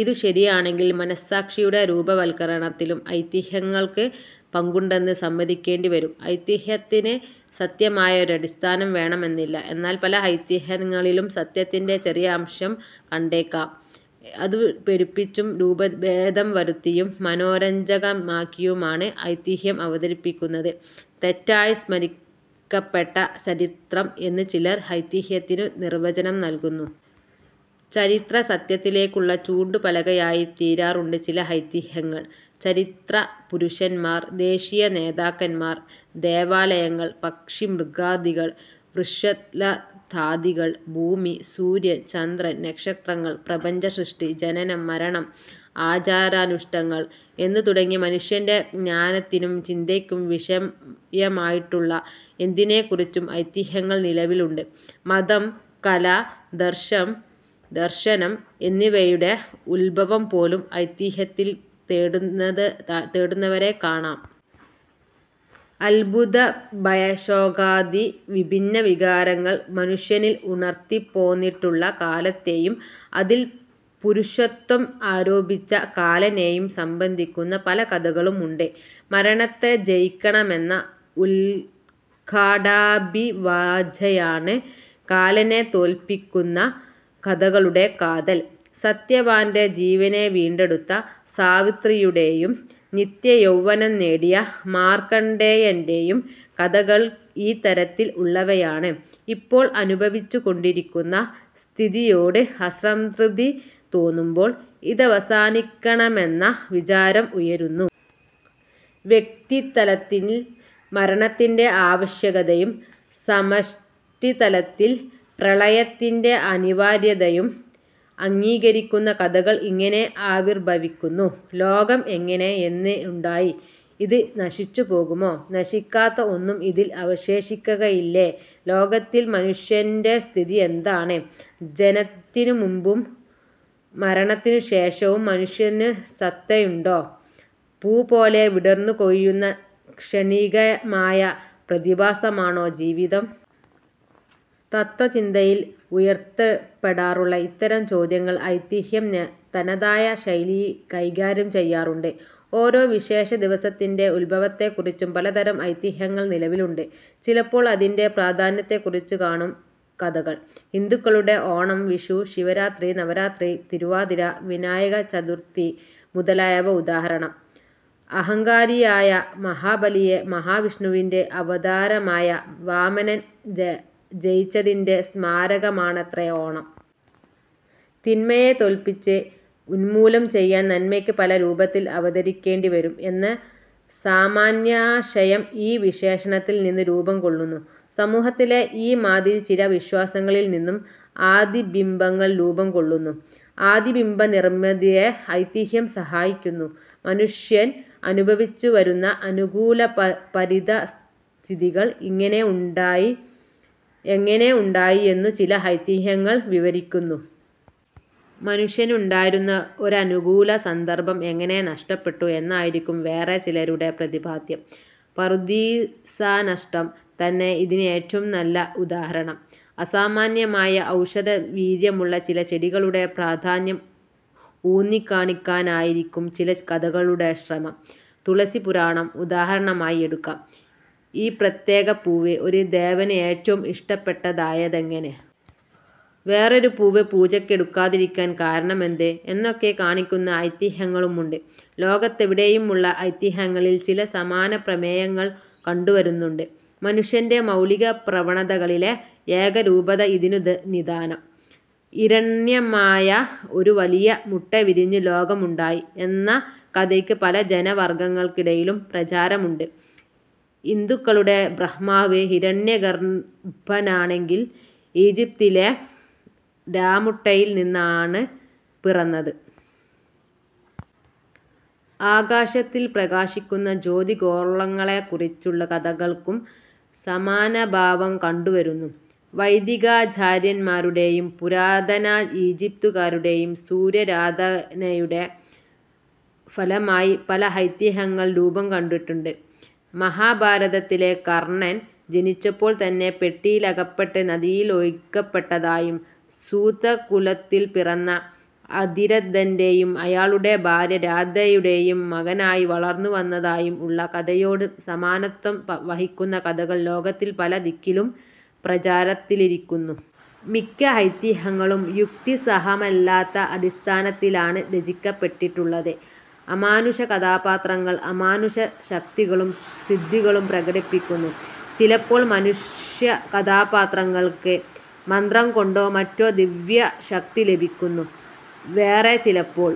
ഇതു ശരിയാണെങ്കിൽ മനസാക്ഷിയുടെ രൂപവത്കരണത്തിലും ഐതിഹ്യങ്ങൾക്ക് പങ്കുണ്ടെന്നു സമ്മതിക്കേണ്ടി വരും. ഐതിഹ്യത്തിന് സത്യമായ ഒരടിസ്ഥാനം വേണമെന്നില്ല; എന്നാൽ പല ഐതിഹ്യങ്ങളിലും സത്യത്തിന്റെ ചെറിയൊരംശം കണ്ടേക്കും. അതു പെരുപ്പിച്ചും രൂപഭേദം വരുത്തിയും മനോരഞ്ചകമാക്കിയുമാണ് ഐതിഹ്യം അവതരിപ്പിക്കുന്നത്, തെറ്റായി സ്മരിക്കപ്പെട്ട ചരിത്രം എന്ന് ചിലര് ഐതിഹ്യത്തിനു നിർവചനം നൽകുന്നു. ചരിത്രസത്യത്തിലേക്കുള്ള ചൂണ്ടുപലകയായിത്തീരാറുണ്ട് ചില ഐതിഹ്യങ്ങൾ. ചരിത്രപുരുഷന്മാർ, ദേശീയ നേതാക്കന്മാർ, ദേവാലയങ്ങൾ, പക്ഷിമൃഗാദികൾ, വൃക്ഷലതാദികൾ, ഭൂമി, സൂര്യൻ, ചന്ദ്രൻ, നക്ഷത്രങ്ങൾ, പ്രപഞ്ചസൃഷ്ടി, ജനനം, മരണം, ആചാരാനുഷ്ഠങ്ങൾ എന്നു തുടങ്ങി മനുഷ്യന്റെ ജ്ഞാനത്തിനും ചിന്തയ്ക്കും വിഷയമായിട്ടുള്ള എന്തിനെക്കുറിച്ചും ഐതിഹ്യങ്ങൾ നിലവിലുണ്ട്. മതം, കല, ദർശനം എന്നിവയുടെ ഉദ്ഭവംപോലും ഐതിഹ്യത്തിൽ തേടുന്നവരെ കാണാം. അത്ഭുതഭയശോകാദി വിഭിന്ന വികാരങ്ങൾ മനുഷ്യനിൽ ഉണർത്തിപ്പോന്നിട്ടുള്ള കാലത്തെയും അതിൽ പുരുഷത്വം ആരോപിച്ച കാലനേയും സംബന്ധിക്കുന്ന പല കഥകളും ഉണ്ട്. മരണത്തെ ജയിക്കണമെന്ന ഉത്ക്കടാഭിവാഞ്ചയാണ് കാലനെ തോല്പിക്കുന്ന കഥകളുടെ കാതൽ. സത്യവാന്റെ ജീവനെ വീണ്ടെടുത്ത സാവിത്രിയുടെയും നിത്യയൗവനം നേടിയ മാർക്കണ്ഡേയന്റെയും കഥകള് ഈ തരത്തിൽ ഉള്ളവയാണ്. ഇപ്പോൾ അനുഭവിച്ചു കൊണ്ടിരിക്കുന്ന സ്ഥിതിയോട് അസംതൃപ്തി തോന്നുമ്പോൾ ഇതവസാനിക്കണമെന്ന വിചാരം ഉയരുന്നു. വ്യക്തിതലത്തിനിൽ മരണത്തിന്റെ ആവശ്യകതയും സമഷ്ടിതലത്തിൽ പ്രളയത്തിന്റെ അനിവാര്യതയും അംഗീകരിക്കുന്ന കഥകൾ ഇങ്ങനെ ആവിർഭവിക്കുന്നു. ലോകം എങ്ങനെ, എന്ന്, ഉണ്ടായി? ഇതു നശിച്ചുപോകുമോ? നശിക്കാത്ത ഒന്നും ഇതിൽ അവശേഷിക്കയില്ലേ? ലോകത്തിൽ മനുഷ്യന്റെ സ്ഥിതിയെന്താണ്? ജനത്തിനു മുമ്പും മരണത്തിനു ശേഷവും മനുഷ്യനു സത്തയുണ്ടോ? പൂപോലെ വിടർന്നു കൊഴിയുന്ന ക്ഷണികമായ പ്രതിഭാസമാണോ ജീവിതം? തത്ത്വചിന്തയിൽ ഉയർത്തപ്പെടാറുള്ള ഇത്തരം ചോദ്യങ്ങൾ ഐതിഹ്യം തനതായ ശൈലിയി കൈകാര്യം ചെയ്യാറുണ്ട്. ഓരോ വിശേഷ ദിവസത്തിന്റെ ഉദ്ഭവത്തെക്കുറിച്ചും പലതരം ഐതിഹ്യങ്ങൾ നിലവിലുണ്ട്. ചിലപ്പോൾ അതിന്റെ പ്രാധാന്യത്തെക്കുറിച്ചും കാണും കഥകൾ. ഹിന്ദുക്കളുടെ ഓണം, വിഷു, ശിവരാത്രി, നവരാത്രി, തിരുവാതിര, വിനായകചതുർത്ഥി മുതലായവ ഉദാഹരണം. അഹങ്കാരിയായ മഹാബലിയെ മഹാവിഷ്ണുവിന്റെ അവതാരമായ വാമനൻ ജയിച്ചതിന്റെ സ്മാരകമാണത്രേ ഓണം. തിന്മയെ തോല്പിച്ച് ഉന്മൂലം ചെയ്യാൻ നന്മയ്ക്ക് പല രൂപത്തിൽ അവതരിക്കേണ്ടിവരും എന്ന സാമാന്യാശയം ഈ വിശേഷണത്തിൽ നിന്ന് രൂപം കൊള്ളുന്നു. സമൂഹത്തിലെ ഈ മാതിരി ചില വിശ്വാസങ്ങളിൽ നിന്നും ആദിബിംബങ്ങൾ രൂപം കൊള്ളുന്നു; ആദിബിംബനിർമിതിയെ ഐതിഹ്യം സഹായിക്കുന്നു. മനുഷ്യൻ അനുഭവിച്ചുവരുന്ന അനുകൂല പരിതഃസ്ഥികൾ എങ്ങനെ ഉണ്ടായി എന്നു ചില ഐതിഹ്യങ്ങൾ വിവരിക്കുന്നു. മനുഷ്യനുണ്ടായിരുന്ന ഒരനുകൂല സന്ദർഭം എങ്ങനെ നഷ്ടപ്പെട്ടു എന്നായിരിക്കും വേറെ ചിലരുടെ പ്രതിപാദ്യം. പറുദീസാനഷ്ടം തന്നെ ഇതിന് ഏറ്റവും നല്ല ഉദാഹരണം. അസാമാന്യമായ ഔഷധവീര്യമുള്ള ചില ചെടികളുടെ പ്രാധാന്യം ഊന്നിക്കാണിക്കാനായിരിക്കും ചില കഥകളുടെ ശ്രമം. തുളസിപുരാണം ഉദാഹരണമായി എടുക്കാം. ഈ പ്രത്യേക പൂവ് ഒരു ദേവന് ഏറ്റവും ഇഷ്ടപ്പെട്ടതായതെങ്ങനെ? വേറൊരു പൂവ് പൂജക്കെടുക്കാതിരിക്കാൻ കാരണമെന്ത്? എന്നൊക്കെ കാണിക്കുന്ന ഐതിഹ്യങ്ങളും ഉണ്ട്. ലോകത്തെവിടെയും ഉള്ള ഐതിഹ്യങ്ങളിൽ ചില സമാനപ്രമേയങ്ങൾ കണ്ടുവരുന്നുണ്ട്. മനുഷ്യന്റെ മൗലിക പ്രവണതകളിലെ ഏകരൂപത ഇതിനു നിദാനം. ഹിരണ്യമായ ഒരു വലിയ മുട്ടവിരിഞ്ഞ് ലോകം ഉണ്ടായി എന്ന കഥയ്ക്ക് പല ജനവർഗ്ഗങ്ങൾക്കിടയിലും പ്രചാരമുണ്ട്. ഹിന്ദുക്കളുടെ ബ്രഹ്മാവ് ഹിരണ്യഗർഭനാണെങ്കിൽ ഈജിപ്റ്റിലെ രാ മുട്ടയിൽ നിന്നാണ് പിറന്നത്. ആകാശത്തിൽ പ്രകാശിക്കുന്ന ജ്യോതിഗോർളങ്ങളെക്കുറിച്ചുള്ള കഥകൾക്കും സമാനഭാവം കണ്ടുവരുന്നു. വൈദികാചാര്യന്മാരുടെയും പുരാതന ഈജിപ്തുകാരുടെയും സൂര്യാരാധനയുടെ ഫലമായി പല ഐതിഹ്യങ്ങൾ രൂപംകൊണ്ടിട്ടുണ്ട്. മഹാഭാരതത്തിലെ കർണൻ ജനിച്ചപ്പോൾ തന്നെ പെട്ടിയിലടക്കപ്പെട്ട് നദിയിൽ ഒഴുക്കപ്പെട്ടതായും സൂതകുലത്തിൽ പിറന്ന അതിരഥന്റെയും അയാളുടെ ഭാര്യ രാധയുടെയും മകനായി വളർന്നുവന്നതായും ഉള്ള കഥയോട് സമാനത്വം വഹിക്കുന്ന കഥകൾ ലോകത്തിൽ പല ദിക്കിലും പ്രചാരത്തിലിരിക്കുന്നു. മിക്ക ഐതിഹ്യങ്ങളും യുക്തിസഹമല്ലാത്ത അടിസ്ഥാനത്തിലാണ് രചിക്കപ്പെട്ടിട്ടുള്ളത്; അമാനുഷ കഥാപാത്രങ്ങൾ അമാനുഷ ശക്തികളും സിദ്ധികളും പ്രകടിപ്പിക്കുന്നു. ചിലപ്പോൾ മനുഷ കഥാപാത്രങ്ങൾക്ക് മന്ത്രംകൊണ്ടോ മറ്റോ ദിവ്യശക്തി ലഭിക്കുന്നു. വേറേ ചിലപ്പോൾ